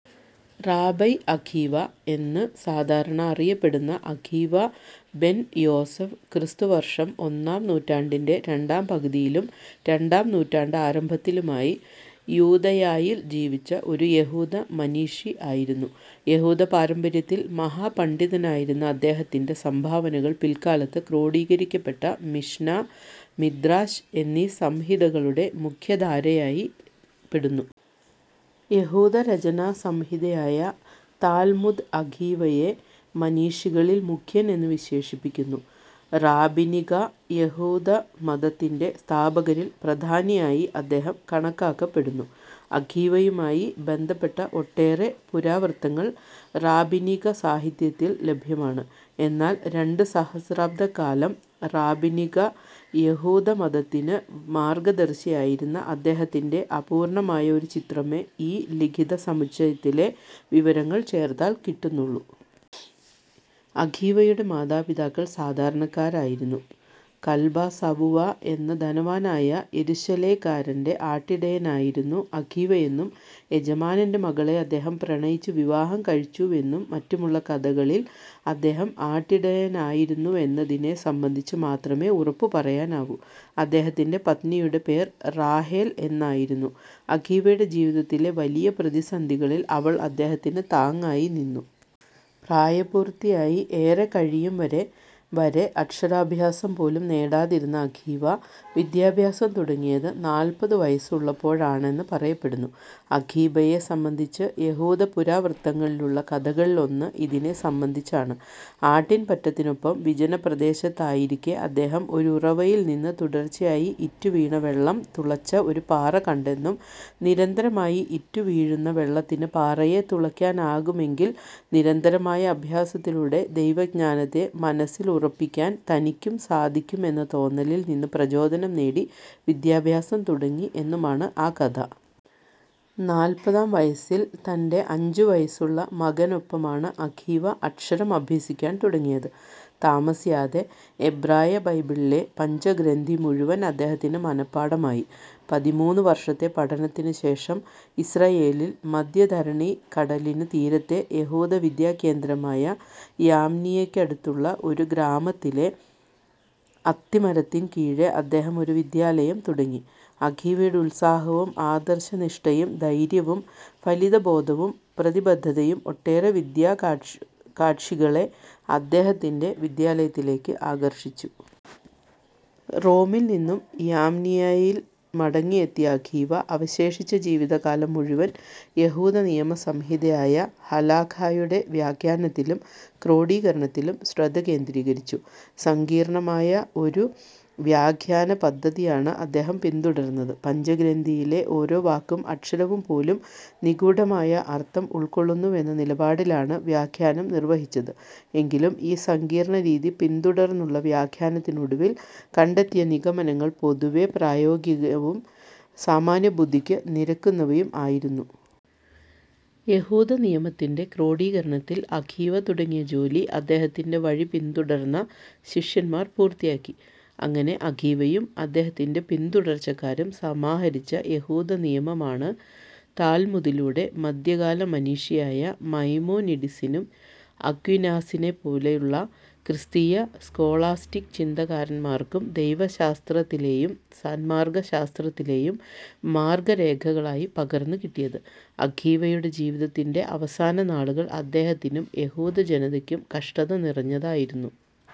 റാബൈ അഖീവ എന്ന് സാധാരണ അറിയപ്പെടുന്ന അഖീവ ബെൻ യോസെഫ് ക്രിസ്തുവർഷം ഒന്നാം നൂറ്റാണ്ടിന്റെ രണ്ടാം പകുതിയിലും രണ്ടാം നൂറ്റാണ്ട് ആരംഭത്തിലുമായി യൂദയായിൽ ജീവിച്ച ഒരു യഹൂദ മനീഷി ആയിരുന്നു. യഹൂദപാരമ്പര്യത്തിൽ മഹാപണ്ഡിതനായിരുന്ന അദ്ദേഹത്തിന്റെ സംഭാവനകൾ പിൽക്കാലത്ത് ക്രോഡീകരിക്കപ്പെട്ട മിഷ്നാ, മിദ്രാശ് എന്നീ സംഹിതകളുടെ മുഖ്യധാരയായിൽ പെടുന്നു. യഹൂദരചനാസംഹിതയായ താൽമുദ് അഖീവയെ മനീഷികളിൽ മുഖ്യൻ എന്നു വിശേഷിപ്പിക്കുന്നു. റാബിനിക യഹൂദമതത്തിന്റെ സ്ഥാപകരിൽ പ്രധാനിയായി അദ്ദേഹം കണക്കാക്കപ്പെടുന്നു. അഖീവയുമായി ബന്ധപ്പെട്ട ഒട്ടേറെ പുരാവൃത്തങ്ങൾ റാബിനിക സാഹിത്യത്തിൽ ലഭ്യമാണ്. എന്നാൽ രണ്ടുസഹസ്രാബ്ദക്കാലം റാബിനിക യഹൂദമതത്തിന് മാർഗദർശിയായിരുന്ന അദ്ദേഹത്തിന്റെ അപൂർണ്ണമായ ഒരു ചിത്രമേ ഈ ലിഖിതസമുച്ചയത്തിലെ വിവരങ്ങൾ ചേർത്താൽ കിട്ടുന്നുള്ളു. അഖീവയുടെ മാതാപിതാക്കൾ സാധാരണക്കാരായിരുന്നു. കൽബാ സവുവാ എന്ന ധനവാനായ യെരുശലേകാരന്റെ ആട്ടിടയനായിരുന്നു അഖീവയെന്നും യജമാനന്റെ മകളെ അദ്ദേഹം പ്രണയിച്ചു വിവാഹം കഴിച്ചുവെന്നും മറ്റുമുള്ള കഥകളിൽ അദ്ദേഹം ആട്ടിടയനായിരുന്നുവെന്നതിനെ സംബന്ധിച്ചു മാത്രമേ ഉറപ്പു പറയാനാവൂ. അദ്ദേഹത്തിന്റെ പത്നിയുടെ പേർ റാഹേൽ എന്നായിരുന്നു. അഖീവയുടെ ജീവിതത്തിലെ വലിയ പ്രതിസന്ധികളിൽ അവൾ അദ്ദേഹത്തിന് താങ്ങായി നിന്നു. പ്രായപൂർത്തിയായി ഏറെക്കഴിയുംവരെ വരെ അക്ഷരാഭ്യാസം പോലും നേടാതിരുന്ന അഖീവ വിദ്യാഭ്യാസം തുടങ്ങിയത് നാല്പതു വയസ്സുള്ളപ്പോഴാണെന്ന് പറയപ്പെടുന്നു. അഖീബയെ സംബന്ധിച്ച് യഹൂദപുരാവൃത്തങ്ങളിലുള്ള കഥകളിലൊന്ന് ഇതിനെ സംബന്ധിച്ചാണ്. അട്ടിൻപറ്റത്തിനൊപ്പം വിജനപ്രദേശത്തായിരിക്കെ അദ്ദേഹം ഒരുറവയിൽ നിന്ന് തുടർച്ചയായി ഇറ്റുവീണ വെള്ളം തുളച്ച ഒരു പാറ കണ്ടെന്നും, നിരന്തരമായി ഇറ്റുവീഴുന്ന വെള്ളത്തിന് പാറയെ തുളയ്ക്കാനാകുമെങ്കിൽ നിരന്തരമായ അഭ്യാസത്തിലൂടെ ദൈവജ്ഞാനത്തെ മനസ്സിൽ ഉറപ്പിക്കാൻ തനിക്കും സാധിക്കുമെന്ന തോന്നലിൽ നിന്ന് പ്രചോദനം നേടി വിദ്യാഭ്യാസം തുടങ്ങി എന്നുമാണ് ആ കഥ. നാല്പതാം വയസ്സിൽ തന്റെ അഞ്ചുവയസ്സുള്ള മകനൊപ്പമാണ് അഖീവ അക്ഷരം അഭ്യസിക്കാൻ തുടങ്ങിയത്. താമസിയാതെ എബ്രായബൈബിളിലെ പഞ്ചഗ്രന്ഥിമുഴുവൻ അദ്ദേഹത്തിന് മന:പാഠമായി. പതിമൂന്നു വർഷത്തെ പഠനത്തിനു ശേഷം ഇസ്രായേലിൽ മദ്ധ്യധരണിക്കടലിനു തീരത്തെ യഹൂദവിദ്യാകേന്ദ്രമായ യാംനിയക്കടുത്തുള്ള ഒരു ഗ്രാമത്തിലെ അത്തിമരത്തിൻ കീഴെ അദ്ദേഹം ഒരു വിദ്യാലയം തുടങ്ങി. അഖീവയുടെ ഉത്സാഹവും, ആദർശനിഷ്ടയും, ധൈര്യവും, ഫലിതബോധവും, പ്രതിബദ്ധതയും ഒട്ടേറെ വിദ്യാകാക്ഷികളെ അദ്ദേഹത്തിന്റെ വിദ്യാലയത്തിലേയ്ക്ക് ആകർഷിച്ചു. റോമിൽ നിന്ന് യാംനിയയിൽ മടങ്ങിയെത്തിയ അഖീവ, അവശേഷിച്ച ജീവിതകാലം മുഴുവൻ യഹൂദനിയമസംഹിതയായ ഹലാഖായുടെ വ്യാഖ്യാനത്തിലും ക്രോഡീകരണത്തിലും ശ്രദ്ധകേന്ദ്രീകരിച്ചു. സങ്കീർണ്ണമായ ഒരു വ്യാഖ്യാനപദ്ധതിയാണ് അദ്ദേഹം പിന്തുടർന്നത്. പഞ്ചഗ്രന്ഥിയിലെ ഓരോ വാക്കും, അക്ഷരവും പോലും നിഗൂഢമായ അർത്ഥം ഉൾക്കൊള്ളുന്നുവെന്ന നിലപാടിലാണ് വ്യാഖ്യാനം നിർവഹിച്ചത്. എങ്കിലും ഈ സങ്കീർണ്ണരീതി പിന്തുടർന്നുള്ള വ്യാഖ്യാനത്തിനൊടുവിൽ കണ്ടെത്തിയ നിഗമനങ്ങൾ പൊതുവേ പ്രായോഗികവും സാമാന്യബുദ്ധിക്ക് നിരക്കുന്നവയും ആയിരുന്നു. യഹൂദനിയമത്തിന്റെ ക്രോഡീകരണത്തിൽ അഖീവ തുടങ്ങിയ ജോലി, അദ്ദേഹത്തിന്റെ വഴി പിന്തുടർന്ന ശിഷ്യന്മാർ പൂർത്തിയാക്കി. അങ്ങനെ അഖീവയും അദ്ദേഹത്തിന്റെ പിന്തുടർച്ചക്കാരും സമാഹരിച്ച യഹൂദനിയമമാണ്, താൽമുദിലൂടെ മദ്ധ്യകാലമനീഷിയായ മൈമോനിഡിസിനും അക്വീനാസിനെപ്പോലുള്ള ക്രിസ്തീയ സ്കോളാസ്റ്റിക് ചിന്തകന്മാർക്കും ദൈവശാസ്ത്രത്തിലേയും സന്മാർഗ്ഗശാസ്ത്രത്തിലേയും മാർഗ്ഗരേഖകളായി പകർന്നുകിട്ടിയത്. അഖീവയുടെ ജീവിതത്തിന്റെ അവസാനനാളുകൾ അദ്ദേഹത്തിനും യഹൂദജനതയ്ക്കും കഷ്ടത നിറഞ്ഞതായിരുന്നു.